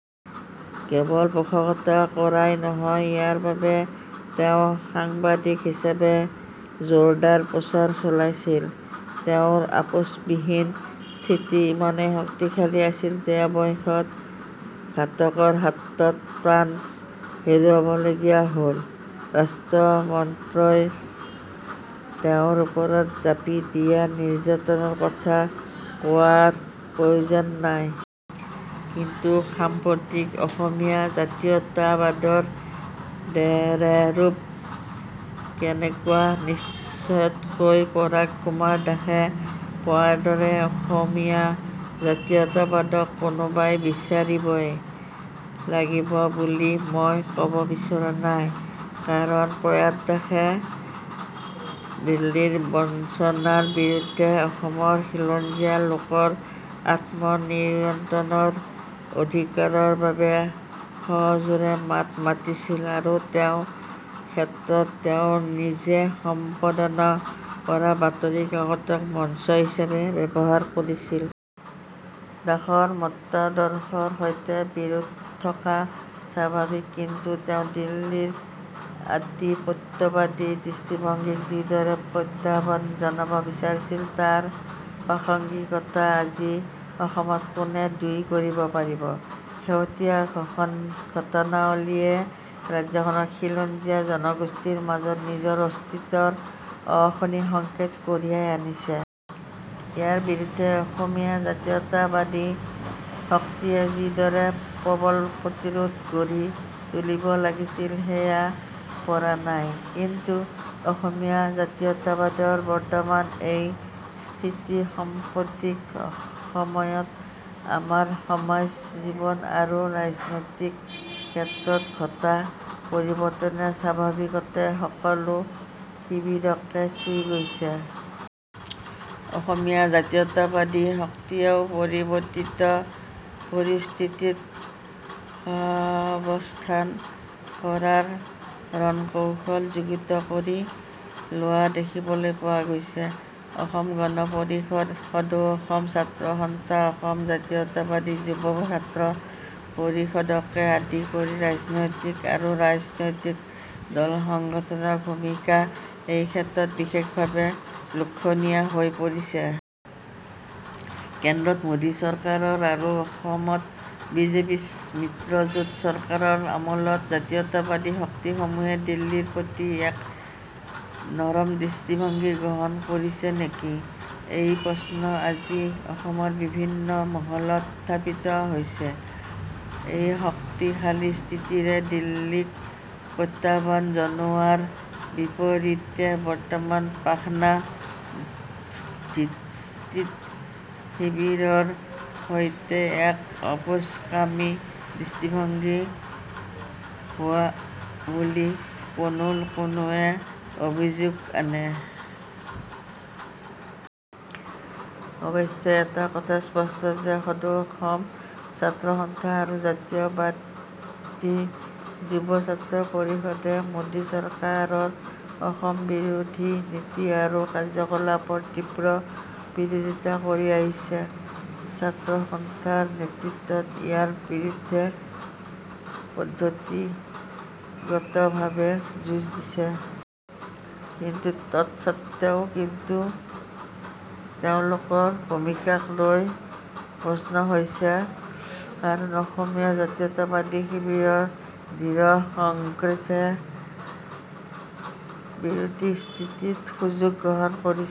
Cable পোষকতা কৰাই নহয় ইয়াৰ বাবে তেওঁ সাংবাদিক হিচাপে জোৰদাৰ প্ৰচাৰ চলাইছিল। তেওঁৰ আপোচবিহীন স্থিতি ইমানেই শক্তিশালী আছিল যে অৱশেষত ঘাতকৰ হাতত প্ৰাণ হেৰুৱাবলগীয়া হল। ৰাষ্ট্ৰযন্ত্ৰই তেওঁৰ ওপৰত জাঁপি দিয়া নিৰ্যাতনৰ কথা কোৱাৰ প্ৰয়োজনেই নাই। কিন্তু সাম্প্ৰতিক অসমীয়া জাতীয়তা বাদৰ ৰেহৰূপ কেনেকুৱা নিশ্চিতকৈ পৰাগ কুমাৰ দাসে কোৱাৰ দৰে অসমীয়া জাতীয়তাবাদক কোনোবাই বিচাৰিবই লাগিব বুলি মই কব বিচৰা নাই। কাৰণ প্ৰয়াত দাসে দিল্লীৰ বঞ্চনাৰ বিৰুদ্ধে অসমৰ খিলঞ্জীয়া লোকৰ আত্মনিয়ন্ত্ৰণৰ অধিকাৰৰ বাবে সজোৰে মাত মাতিছিল আৰু সেই ক্ষেত্ৰত তেওঁ নিজে সম্পাদনা কৰা বাতৰি কাকতক মঞ্চ হিচাপে ব্যৱহাৰ কৰিছিল। দাসৰ মতাদৰ্শৰ সৈতে বিৰোধ থকা স্বাভাৱিক, কিন্তু তেওঁ দিল্লীৰ আধিপত্যবাদী দৃষ্টিভংগীক যিদৰে প্ৰত্যাহ্বান জনাব বিচাৰিছিল তাৰ প্ৰাসংগিকতা আজিৰ অসমত কোনে নুই কৰিব পাৰিব? শেহতীয়া ঘটনাৱলীয়ে ৰাজ্যখনৰ খিলঞ্জীয়া জনগোষ্ঠীৰ মাজত নিজৰ অস্তিত্বৰ অশনি সংকেত কঢ়িয়াই আনিছে। ইয়াৰ বিৰুদ্ধে অসমীয়া জাতীয়তাবাদী শক্তিয়ে যিদৰে প্ৰবল প্ৰতিৰোধ গঢ়ি তুলিব লাগিছিল সেয়া পৰা নাই। কিয় অসমীয়া জাতীয়তাবাদৰ বৰ্তমান এই স্থিতি সাম্প্ৰতিক সময়ত আমাৰ সমাজ জীৱন আৰু ৰাজনৈতিক ক্ষেত্ৰত ঘটা পৰিৱৰ্তনে স্বাভাৱিকতে সকলো শিবিৰকে চুই গৈছে। অসমীয়া জাতীয়তাবাদী শক্তিয়েও পৰিৱৰ্তিত পৰিস্থিতিত সহাৱস্থান কৰাৰ ৰণকৌশল যুগুত কৰি লোৱা দেখিবলৈ পোৱা গৈছে। অসম গণ পৰিষদ সদৌ অসম ছাত্ৰ সন্থা অসম জাতীয়তাবাদী যুৱ ছাত্ৰ পৰিষদকে আদি কৰি ৰাজনৈতিক আৰু অৰাজনৈতিক দলসংগঠনৰ ভূমিকা এই ক্ষেত্ৰত বিশেষভাৱে লক্ষণীয় হৈ পৰিছে। কেন্দ্ৰত মোদী চৰকাৰ আৰু অসমত বিজেপি মিত্ৰজোঁট চৰকাৰৰ আমোলত জাতীয়তাবাদী শক্তিসমূহে দিল্লীৰ প্ৰতি এক নৰম দৃষ্টিভংগী গ্ৰহণ কৰিছে নেকি? এই প্ৰশ্ন আজি অসমৰ বিভিন্ন মহলত উত্থাপিত হৈছে। এক শক্তিশালী স্থিতিৰে দিল্লীক প্ৰত্যাহ্বান জনোৱাৰ বিপৰীতে বৰ্তমান শাসনা ধিষ্ঠিত শিবিৰৰ সৈতে এক আপোচকামী দৃষ্টিভংগী লোৱা বুলি কোনো কোনোৱে অভিযোগ আনে। অৱশ্যে এটা কথা স্পষ্ট যে সদৌ অসম ছাত্ৰ সন্থা আৰু অসম জাতীয়তাবাদী যুৱ ছাত্ৰ পৰিষদে মোদী চৰকাৰৰ অসম বিৰোধী নীতি আৰু কাৰ্যকলাপৰ তীব্ৰ বিৰোধিতা কৰি আহিছে। ছাত্ৰ সন্থাৰ নেতৃত্বই ইয়াৰ বিৰুদ্ধে পদ্ধতিগতভাৱে যুঁজ দিছে। কিন্তু তৎস্বত্তেও কিয় তেওঁলোকৰ ভূমিকাক লৈ প্ৰশ্ন হৈছে? কাৰণ অসমীয়া জাতীয়তাবাদী শিবিৰৰ দৃঢ় কংগ্ৰেছ বিৰোধী স্থিতিৰ সুযোগ গ্ৰহণ কৰিছে।